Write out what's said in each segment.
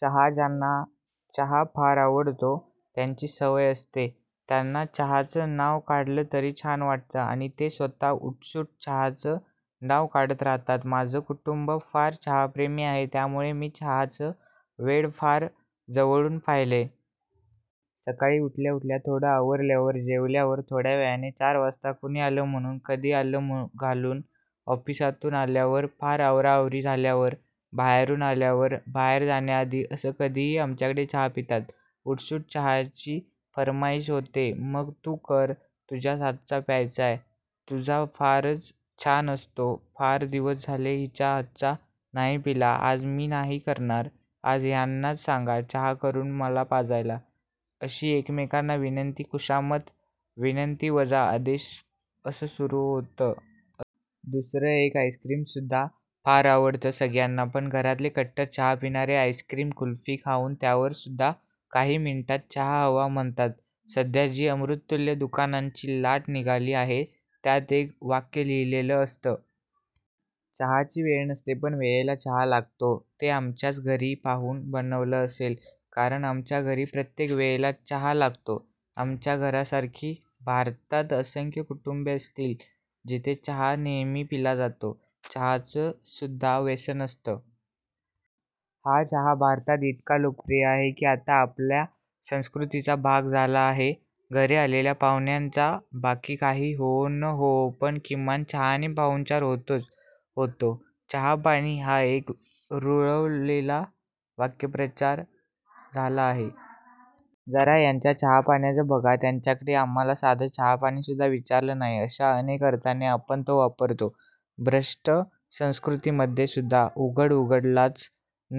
चहा. ज्यांना चहा फार आवडतो, त्याची सवय असते त्यांना चहाचं नाव काढलं तरी छान वाटतं आणि ते स्वतः उठसूट चहाचं नाव काढत राहतात. माझं कुटुंब फार चहाप्रेमी आहे, त्यामुळे मी चहाचं वेड फार जवळून पाहिलंय. सकाळी उठल्या उठल्या, थोडं आवरल्यावर, जेवल्यावर थोड्यावेळाने, चार वाजता, कोणी आलं म्हणून, कधी आलं घालून, ऑफिसातून आल्यावर, फार आवराआवरी झाल्यावर, बाहेरून आल्यावर, बाहेर जाण्याआधी असं कधीही आमच्याकडे चहा पितात. उठसूट चहाची फर्माईश होते, मग तू कर, तुझ्याच हातचा प्यायचाय, तुझा फारच छान असतो, फार दिवस झाले हिच्या हातचा नाही पिला, आज मी नाही करणार, आज ह्यांनाच सांगा चहा करून मला पाजायला, अशी एकमेकांना विनंती, खुशामत, विनंतीवजा आदेश असं सुरु असतं. दुसरं एक आईस्क्रीम सुद्धा फार आवडत सगळ्यांना पण घरातले कट्टर चहा पिणारे आईस्क्रीम कुल्फी खाऊन त्यावर सुद्धा काही मिनिटात चहा हवा म्हणतात. सध्या जी अमृततुल्य दुकानांची लाट निघाली आहे त्यात एक वाक्य लिहिलेलं असतं. चहाची वेळ नसते पण वेळेला चहाच लागतो. ते आमच्याच घरी पाहून बनवलं असेल कारण आमच्या घरी प्रत्येक वेळेला चहा लागतो. आमच्या घरासारखी भारतात असंख्य कुटुंबे असतील जिथे चहा नेहमी पिला जातो. चहाचं सुद्धा व्यसन असतं. हा चहा भारतात इतका लोकप्रिय आहे कि आता आपल्या संस्कृतीचा भाग झाला आहे. घरी आलेल्या पाहुण्यांचा बाकी काही होवो न होवो पण किमान चहाने पाहुणचार होतोच होतो. चहापाणी हा एक रुळलेला वाक्प्रचार झाला आहे. जरा ह्यांच्या चहापाण्याचं बघा, त्यांच्याकडे आम्हाला साधं चहापाणीसुद्धा विचारलं नाही अशा अनेक अर्थाने आपण तो वापरतो. भ्रष्टसंस्कृती मध्ये सुद्धा उघड उघड लाच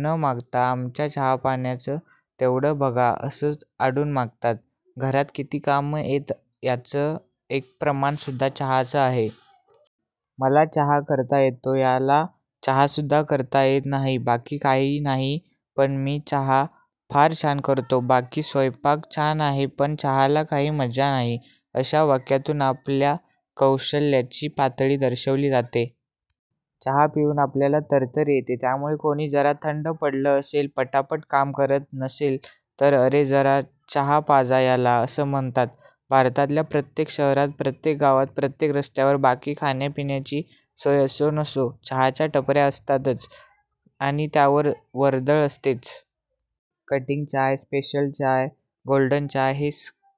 न मागता आमच्या चहापाण्याचं तेवढं बघा असं आडून मागतात. घरात किती काम येत याच एक प्रमाण सुद्धा चहाच आहे. मला चहा करता येतो, ह्याला चहासुद्धा करता येत नाही, बाकी काही नाही पण मी चहा फार छान करतो, बाकी स्वयंपाक छान आहे पण चहाला काही मजा नाही, अशा वाक्यातून आपल्या कौशल्याची पातळी दर्शवली जाते. चहा पिऊन आपल्याला तरतरी येते. त्यामुळे कोणी जरा थंड पडलं असेल, पटापट काम करत नसेल तर अरे जरा चहा पाजा ह्याला असं म्हणतात. भारतातल्या प्रत्येक शहरात, प्रत्येक गावात, प्रत्येक रस्त्यावर बाकी खाण्यापिण्याची सोय असो नसो, चहाच्या टपऱ्या असतातच आणि त्यावर वर्दळ असतेच. कटिंग चाय, स्पेशल चाय, गोल्डन चाय हे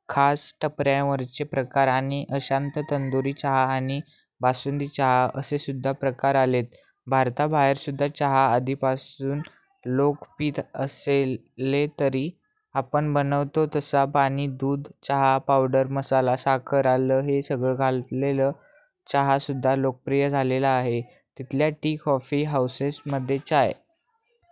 खास टपऱ्यांवरचे प्रकार आणि अशात तंदुरी चहा आणि बासुंदी चहा असेसुद्धा प्रकार आलेत. भारताबाहेरसुद्धा चहा आधीपासून लोक पीत असले तरी आपण बनवतो तसा पाणी दूध चहा पावडर मसाला, साखर, आलं हे सगळं घातलेला चहा सुद्धा लोकप्रिय झालेला आहे. तिथल्या टी कॉफी हाऊसेस मध्ये चाय